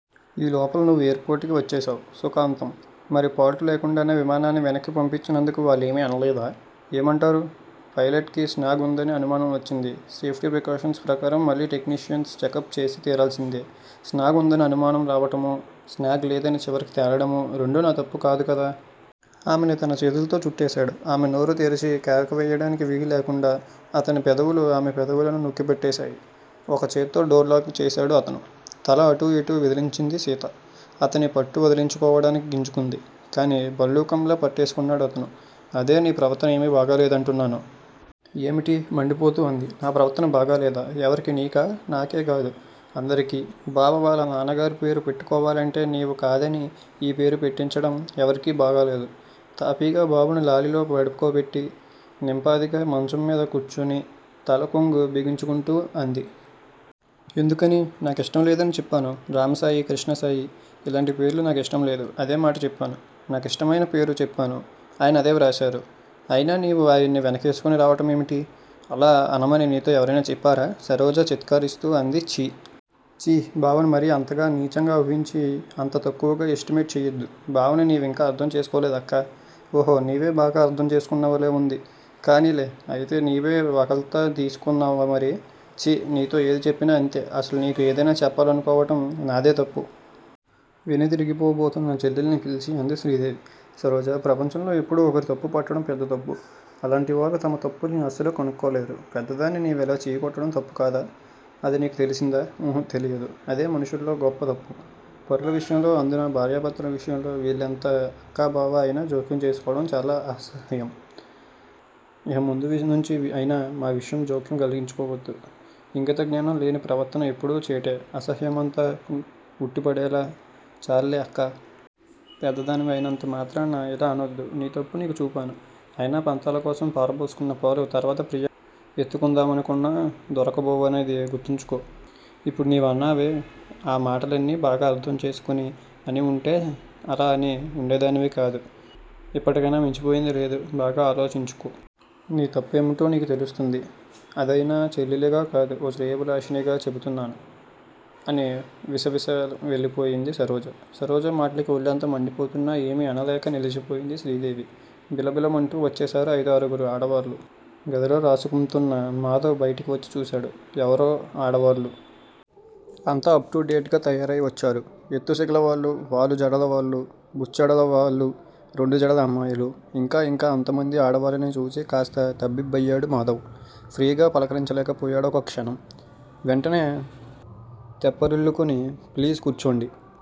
ఈ లోపల నువ్వు ఎయిర్ పోర్టుకి వచ్చేశావ్. సుఖాంతం! మరి ఫాల్టు లేకుండానే విమానాన్ని వెనక్కి పంపించినందుకు వాళ్ళేమీ అనలేదా? ఏమంటారు! ఫైలట్ కి స్నాగ్ ఉందని అనుమానం వచ్చింది. సేఫ్టీ ప్రికాషన్స్ ప్రకారం మళ్ళీ టెక్నీషియన్స్ చెకప్ చేసి తీరాల్సిందే! స్నాగ్ వుందని అనుమానం రావటమూ, స్నాగ్ లేదని చివరికి తేలడమూ రెండూ నా తప్పు కాదు కదా! ఆమెని తన చేతులతో చుట్టేశాడు. ఆమె నోరు తెరిచి కేకవెయ్యడానికి వీలులేకుండా అతనిపెదవులు ఆమె పెదవులని నొక్కిపట్టేశాయి! ఒక చేత్తో డోర్ లాక్ చేశాడు అతను. తల అటూ ఇటూ విదిలించింది సీత. అతని పట్టువదిలించుకోవడానికి గింజుకుంది. కానీ భల్లూకంలా పట్టేసుకున్నాడు అతను. అదే నీ ప్రవర్తన ఏమి బాగా లేదంటున్నాను? ఏమిటి! మండిపోతూ అంది. నా ప్రవర్తన బాగాలేదా? ఎవరికి నీకా? నాకే కాదు. అందరికి, బావ వాళ్ళనాన్నగారి పేరు పెట్టుకోవాలంటే నీవు కాదని యీ పేరు పెట్టించడం ఎవరికి బాగాలేదు. తాపిగా బాబుని లాలిలో పడుకోబెట్టి నింపాదిగా మంచం మీద కూర్చుని తల కొంగు బిగించుకుంటూ అంది. ఎందుకని? నా కిష్టం లేదని చెప్పాను. రామసాయి, కృష్ణసాయి. ఇలాంటి పేర్లు నా కిష్టం లేదు. అదేమాట చెప్పాను. నాకిష్టమయిన పేరు చెప్పాను. ఆయన అదే వ్రాశారు. అయినా నీవు ఆయన్ని వెనకేసుకుని రావటమేమిటి? అలా అనమని నీతో ఎవరైనా చెప్పారా? సరోజ చిత్కారిస్తూ అంది ఛి! చీ! బావని మరీ అంతగా నీచంగా వూహించి అంత తక్కువగా ఎస్టిమేట్ చెయ్యొద్దు. బావని నివింకా అర్ధం చేసుకోలేదక్కా! ఒహొ నీవే బాగా అర్ధం చేసుకున్నవల్లె వుంది! కానిలే! అయితే నీవే వకాల్తా తీసుకున్నావామరి? ఛి! నీతో ఏది చెప్పినా ఇంతే. అసలు నీకు ఏదైనా చెప్పాలనుకోవటం నాదే తప్పు. వెనుదిరిగిపోబోతున్న చెల్లెల్ని పిలిచి అంది శ్రీదేవి. సరోజా! ప్రపంచంలో ఎప్పుడూ ఒకర్ని తప్పు పట్టటం పెద్ద తప్పు. అలాంటివాళ్ళు తమ తప్పుల్ని అసలు కనుక్కోలేరు. పెద్దదాన్ని నీవిలా చీ కొట్టటం తప్పు కాదా? అది నీకు తెలిసిందా? ఉహు! తెలియదు. అదే మనుషుల్లో గొప్ప తప్పు, పరుల విషయంలో అందునా భార్యాభర్తల విషయంలో వీళ్ళెంత అక్కా బావా అయినా జోక్యం చేసుకోవటం చాలా అసహ్యం, ఇహ ముందు నుంచి అయినా మా విషయం జోక్యం కలిగించుకోవద్దు, ఇంగితజ్ఞానం లేని ప్రవర్తన ఎప్పుడూ చేటే అసహ్యమంతా వు వుట్టిపడేలా చాల్లే అక్కా! పెద్దదానివి అయినంత మాత్రాన యిలా అనొద్దు. నీ తప్పు నీకు చూపాను. అయినా పంతాలకోసం పారబోసుకున్నపాలు తర్వాత ప్రియ ఎత్తుకుందామనుకొన్నా దొరకబోవనేది గుర్తుంచుకో, ఇప్పుడు నీ వన్నావే! ఆ మాటల్నే బాగా అర్ధం చేసుకుని అని వుంటే అలా అని వుండేదానివి కాదు. ఇప్పటికయినా మించిపోయింది లేదు బాగా ఆలోచించుకో. నీ తప్పేమిటో నీకు తెలుస్తుంది. అదయినా చెల్లిలిగా కాదు. ఓ శ్రేయోభిలాషిణిగా చెపుతున్నాను? అని విసవిసా వెళ్ళిపోయింది సరోజ! సరోజ మాటలకి ఒళ్ళంతా మండిపోతున్నా ఏమి అనలేక నిలిచిపోయింది శ్రీదేవి. బిలబిలమంటూ వచ్చేశారు అయిదారుగురు ఆడవాళ్ళు. గదిలో రాసుకుమ్తున్న మాధవ్ బయటికి వచ్చి చూశాడు. ఎవరో ఆడవాళ్లు! అంతా అప్ టు డేట్ గా తయారైవచ్చారు. ఎత్తుసిగలవాళ్ళు, వాలు జడలవాళ్ళు, బుచ్చడల వాళ్ళు రెండు జడల అమ్మాయిలు. ఇంకా ఇంకా అంతమంది ఆడవాళ్ళని చూసి కాస్త తబ్బిబ్బయ్యాడు మాధవ్, ఫ్రీగా పలకరించలేకపోయాడు ఒక క్షణం. వెంటనే తెప్పరిల్లుకుని ప్లీజ్ కూర్చోండి.